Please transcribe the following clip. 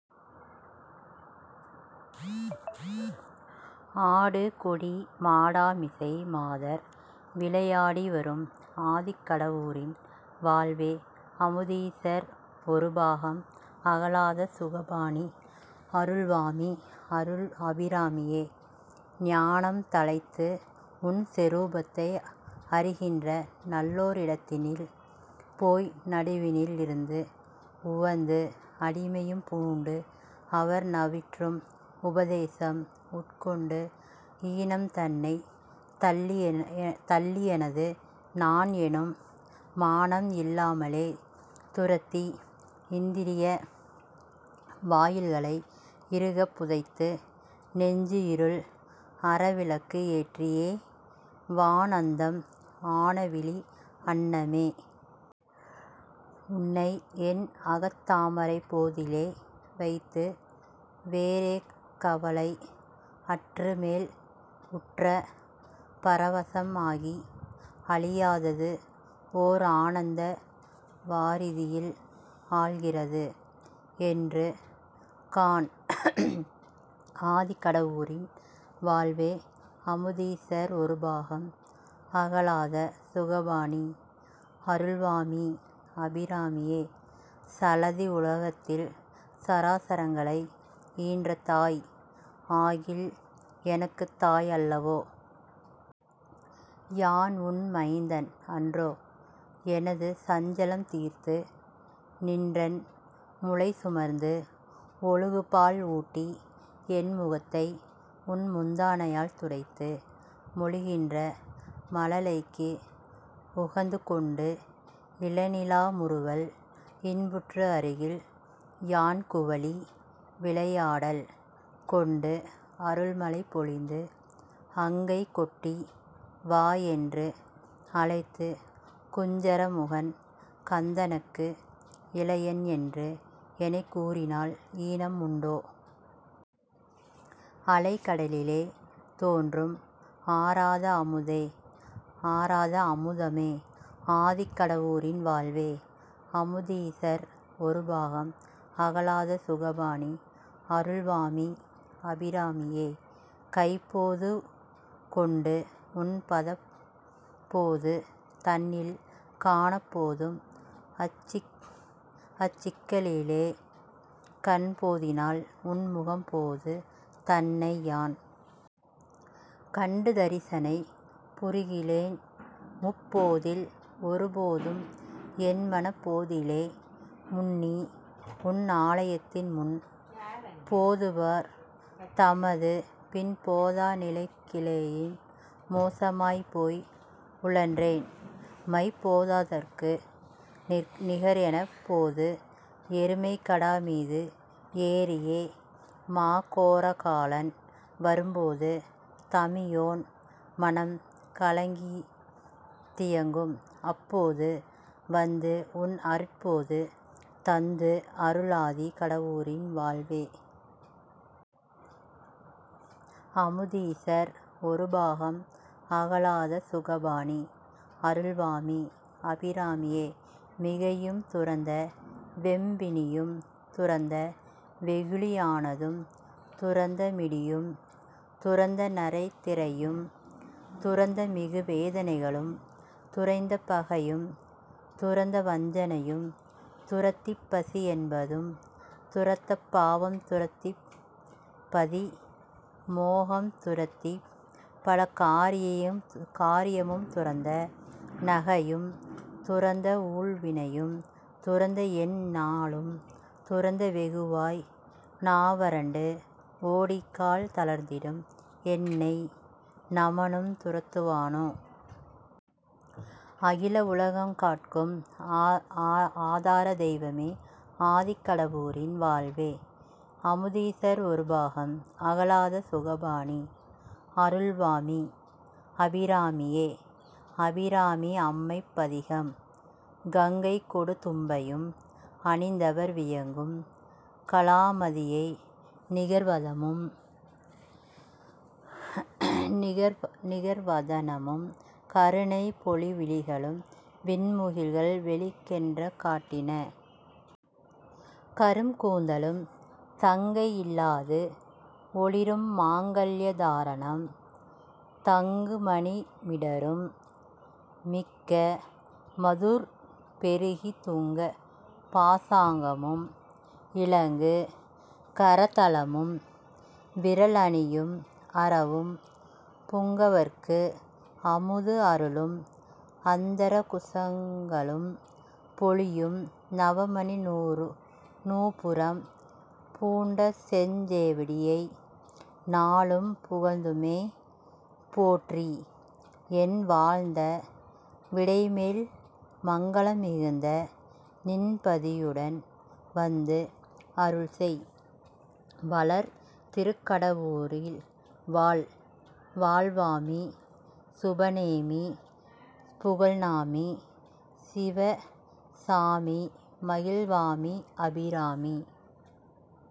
ஆடு கொடி மாடமிசை மாதர் விளையாடி வரும் ஆதி கடவூரின் வாழ்வே! அமுதீசர் ஒரு பாகம் அகலாத சுகபாணி! அருள் வாமி! அபிராமியே! ஞானம் தழைத்து, உன் சொரூபத்தை அறிகின்ற நல்லோர் இடத்தினில் போய் நடுவினில் இருந்து உவந்து அடிமையும் பூண்டு அவர் நவிற்றும் உபதேசம் உட்கொண்டு ஈனம்தனைத் தள்ளி எனது நான் எனும் மானம் இல்லாமலே துரத்தி இந்திரிய வாயில்களை இறுகப் புதைத்து நெஞ்சு இருள் அற விளக்கு ஏற்றியே வான் அந்தம் ஆன விழி அன்னமே! உன்னை என் அகத் தாமரைப் போதிலே வைத்து வேறே கவலை அற்று மேல் உற்ற பர வசம் ஆகி அழியாதது ஓர் ஆனந்த வாரிதியில் ஆழ்கின்றது என்று காண்? ஆதி கடவூரின் வாழ்வே? அமுதீசர் ஒரு பாகம் அகலாத சுகபாணி! அருள் வாமி! அபிராமியே! சலதி உலகத்தில் சராசரங்களை ஈன்ற தாய் ஆகில் எனக்குத் தாய் அல்லவோ? யான் உன் மைந்தன் அன்றோ? எனது சஞ்சலம் தீர்த்து நின்றன் முலை சுரந்து ஒழுகு பால் ஊட்டி என் முகத்தை உன் முந்தானையால் துடைத்து மொழிகின்ற மழலைக்கு உகந்துகொண்டு இள நிலா முறுவல் இன்புற்று அருகில் யான் குலவி விளையாடல் கொண்டு அருள் மழை பொழிந்து அங்கை கொட்டி வா என்று அழைத்துக் குஞ்சர முகன் கந்தனுக்கு இளையன் என்று எனைக் கூறினால் ஈனம் உண்டோ? அலை கடலிலே தோன்றும் ஆராத அமுதமே! ஆதி கடவூரின் வாழ்வே! அமுதீசர் ஒரு பாகம் அகலாத சுகபாணி! அருள் வாமி! அபிராமியே! கைப் போது கொண்டு உன் பதப் போது தன்னில் கணப் போதும் அர்ச்சிக்கிலேன் கண் போதினால் உன் முகப் போது தன்னை யான் கண்டு தரிசனை புரிகிலேன் முப் போதில் ஒரு போதும் என் மனப் போதிலே முன்னி உன் ஆலயத்தின் முன் போதுவார் தமது பின் போத நினைகிலேன் மோசமே போய் உழன்றேன் மைப் போதகத்திற்கு நிகர் எனப் போது எருமைக் கடா மீது ஏறியே மா கோர காலன் வரும்போது, தமியேன் மனம் கலங்கித் தியங்கும் அப் போது வந்து உன் அருட்போது தந்து அருள் ஆதி கடவூரின் வாழ்வே! அமுதீசர் ஒரு பாகம் அகலாத சுகபாணி! அருள் வாமி! அபிராமியே! மிகையும் துரத்த வெம் பிணியும் துரத்த வெகுளி ஆனதும் துரத்த மிடியும் துரத்த நரை திரையும் துரத்த மிகு வேதனைகளும் துரத்தப் பகையும் துரத்த வஞ்சனையும் துரத்தப் பசி என்பதும் துரத்தப் பாவம் துரத்தப் பதி மோகம் துரத்தப் பல காரியமும் துரத்த நகையும் துரத்த ஊழ் வினையும் துரத்த என் நாளும் துரத்த வெகுவாய் நா வறண்டு ஓடிக் கால் தளர்ந்திடும் என்னை நமனும் துரத்துவானோ? அகில உலகங்கட்கும் ஆதார தெய்வமே! ஆதி கடவூரின் வாழ்வே! அமுதீசர் ஒரு பாகம் அகலாத சுகபாணி! அருள் வாமி! அபிராமியே! அபிராமி அம்மைப் பதிகம் கங்கையொடு தும்பையும் அணிந்தவர் வியக்கும் கலா மதியை நிகர் வதனமும், கருணை பொழி விழிகளும், விண் முகில்கள் வெளிறெனக் காட்டிய கரும் கூந்தலும், சங்கை இல்லாது ஒளிரும் மாங்கல்ய தாரணம் தங்கு மணி மிடறும், மிக்க சதுர் பெருகு துங்க பாசாங்குசம் இலங்கு கர தலமும், விரல் அணியும் அரவும், புங்கவர்க்கு அமுது அருளும் அந்தர குசங்களும், பொலியும் நவமணி நூபுரம் பூண்ட செஞ் சேவடியை நாளும் புகழ்ந்துமே- போற்றி என வாழ்த்த, விடை மேல் மங்களம் மிகுந்த நின் பதியுடன் வந்து, அருள் செய்; வளர் திருக் கடவூரில் வாழ் வாமி! சுப நேமி! புகழ் நாமி! சிவ சாமிமகிழ் வாமி! அபிராமி